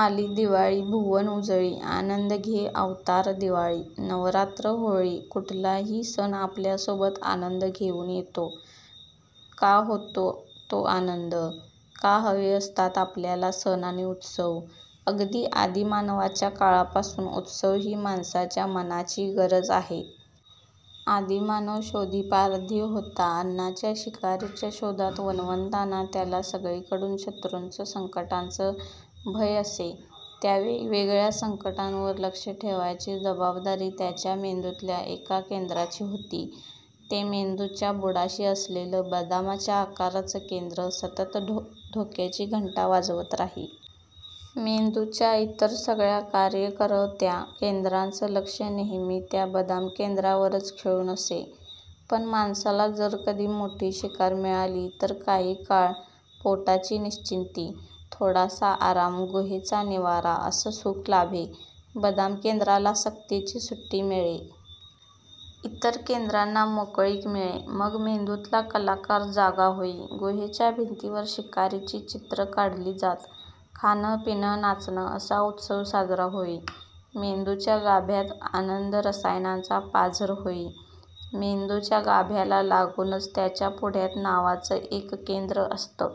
आली दिवाळी, भुवन उजळी, आनंद घे अवतार" दिवाळी, नवरात्र, होळी… कुठलाही सण आपल्यासोबत आनंद घेऊन येतो. का होतो तो आनंद? का हवे असतात आपल्याला सण आणि उत्सव? अगदी आदिमानवाच्या काळापासून उत्सव ही माणसाच्या मनाची गरज आहे. आदिमानव शोधीपारधी होता. अन्नाच्या, शिकारीच्या शोधात वणवणताना त्याला सगळीकडून शत्रूंचं, संकटांचं भय असे. त्या वेगवेगळ्या संकटांवर लक्ष ठेवायची जबाबदारी त्याच्या मेंदूतल्या एका केंद्राची होती. ते मेंदूच्या बुडाशी असलेलं बदामाच्या आकाराचं केंद्र सतत धोक्याची घंटा वाजवत राही. मेंदूच्या इतर सगळ्या कर्त्याकरवत्या केंद्रांचं लक्ष नेहमी त्या बदामकेंद्रावरच खिळून असे. पण माणसाला जर कधी मोठी शिकार मिळाली तर काही काळ पोटाची निश्चिंती, थोडासा आराम, गुहेचा निवारा असं सुख लाभे. बदामकेंद्राला सक्तीची सुट्टी मिळे. इतर केंद्रांना मोकळीक मिळे. मग मेंदूतला कलाकार जागा होई. गुहेच्या भिंतीवर शिकारीची चित्रं काढली जात. खाणं-पिणं-नाचणं असा उत्सव साजरा होई. मेंदूच्या गाभ्यात आनंद-रसायनांचा पाझर होई. मेंदूच्या गाभ्याला लागूनच, त्याच्या पुढ्यात नावाचं एक केंद्र असतं.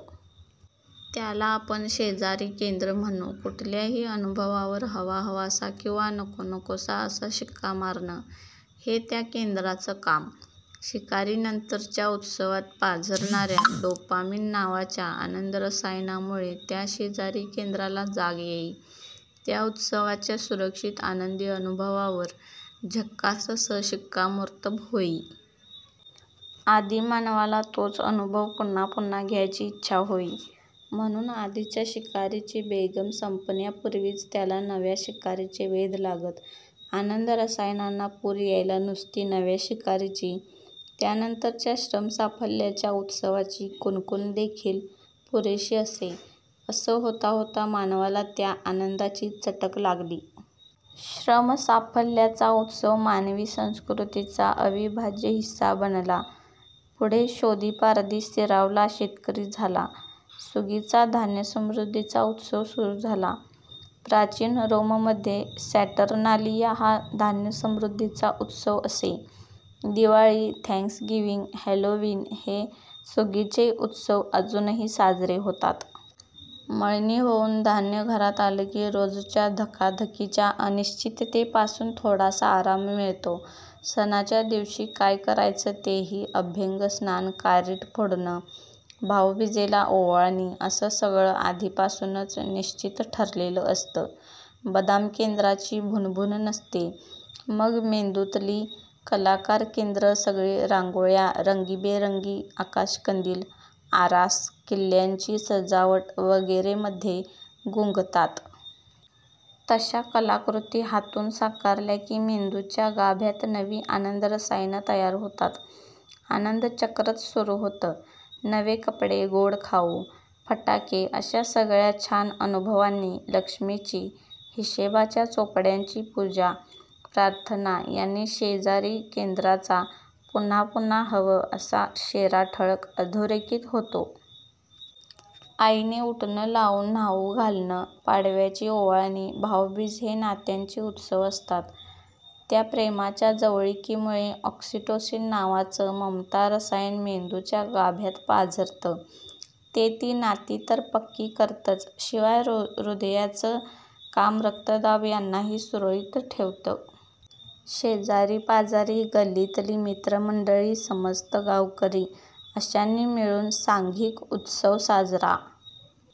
त्याला आपण 'शेजारी' केंद्र म्हणू. कुठल्याही अनुभवावर 'हवाहवासा' किंवा 'नकोनकोसा' असा शिक्का मारणं, हे त्या केंद्राचं काम. शिकारीनंतरच्या उत्सवात पाझरणाऱ्या 'डोपामीन' नावाच्या आनंदरसायनामुळे त्या 'शेजारी' केंद्राला जाग येई. त्या उत्सवाच्या सुरक्षित, आनंदी अनुभवावर 'झक्कास' असं शिक्कामोर्तब होई. आदिमानवाला तोच अनुभव पुन्हा पुन्हा घ्यायची इच्छा होई. म्हणून आधीच्या शिकारीची बेगमी संपण्यापूर्वीच त्याला नव्या शिकारीचे वेध लागत. आनंद-रसायनांना पूर यायला नुसती नव्या शिकारीची, त्यानंतरच्या श्रमसाफल्याच्या उत्सवाची कुणकुणदेखील पुरेशी असे. असं होता होता मानवाला त्या आनंदाची चटक लागली. श्रमसाफल्याचा उत्सव मानवी संस्कृतीचा अविभाज्य हिस्सा बनला. पुढे शोधीपारधी स्थिरावला, शेतकरी झाला. सुगीचा, धान्यसमृद्धीचा उत्सव सुरू झाला. प्राचीन रोममध्ये 'सॅटर्नालिया' हा धान्यसमृद्धीचा उत्सव असे. दिवाळी, थँक्सगिव्हिंग, हॅलोवीन हे सुगीचे उत्सव अजूनही साजरे होतात. मळणी होऊन धान्य घरात आलं की, रोजच्या धकाधकीच्या अनिश्चिततेपासून थोडासा आराम मिळतो. सणाच्या दिवशी काय करायचं तेही, अभ्यंगस्नान, कारिट फोडणं, भाऊबीजेला ओवाळणी असं सगळं आधीपासूनच निश्चित ठरलेलं असतं. बदामकेंद्राची भुणभुण नसते. मग मेंदूतली कलाकार केंद्रं सुंदर रांगोळ्या, रंगीबेरंगी आकाशकंदील, आरास, किल्ल्यांची सजावट वगैरेंमध्ये गुंगतात. तशा कलाकृती हातून साकारल्या की मेंदूच्या गाभ्यात नवी आनंदरसायनं तयार होतात. आनंदचक्रच सुरू होतं. नवे कपडे, गोड खाऊ, फटाके अशा सगळ्या छान अनुभवांनी, लक्ष्मीची, हिशेबाच्या चोपड्यांची पूजा, प्रार्थना यांनी 'शेजारी' केंद्राचा 'पुन्हा पुन्हा हवं' असा शेरा ठळक, अधोरेखित होतो. आईने उटणं लावून न्हाऊ घालणं, पाडव्याची ओवाळणी, भाऊबीज हे नात्यांचे उत्सव असतात. त्या प्रेमाच्या जवळिकीमुळे 'ऑक्सिटोसिन' नावाचं ममता-रसायन मेंदूच्या गाभ्यात पाझरतं. ते ती नाती तर पक्की करतंच, शिवाय हृदयाचं काम, रक्तदाब यांनाही सुरळीत ठेवतं. शेजारीपाजारी, गल्लीतली मित्रमंडळी, समस्त गावकरी अशांनी मिळून सांघिक उत्सव साजरा...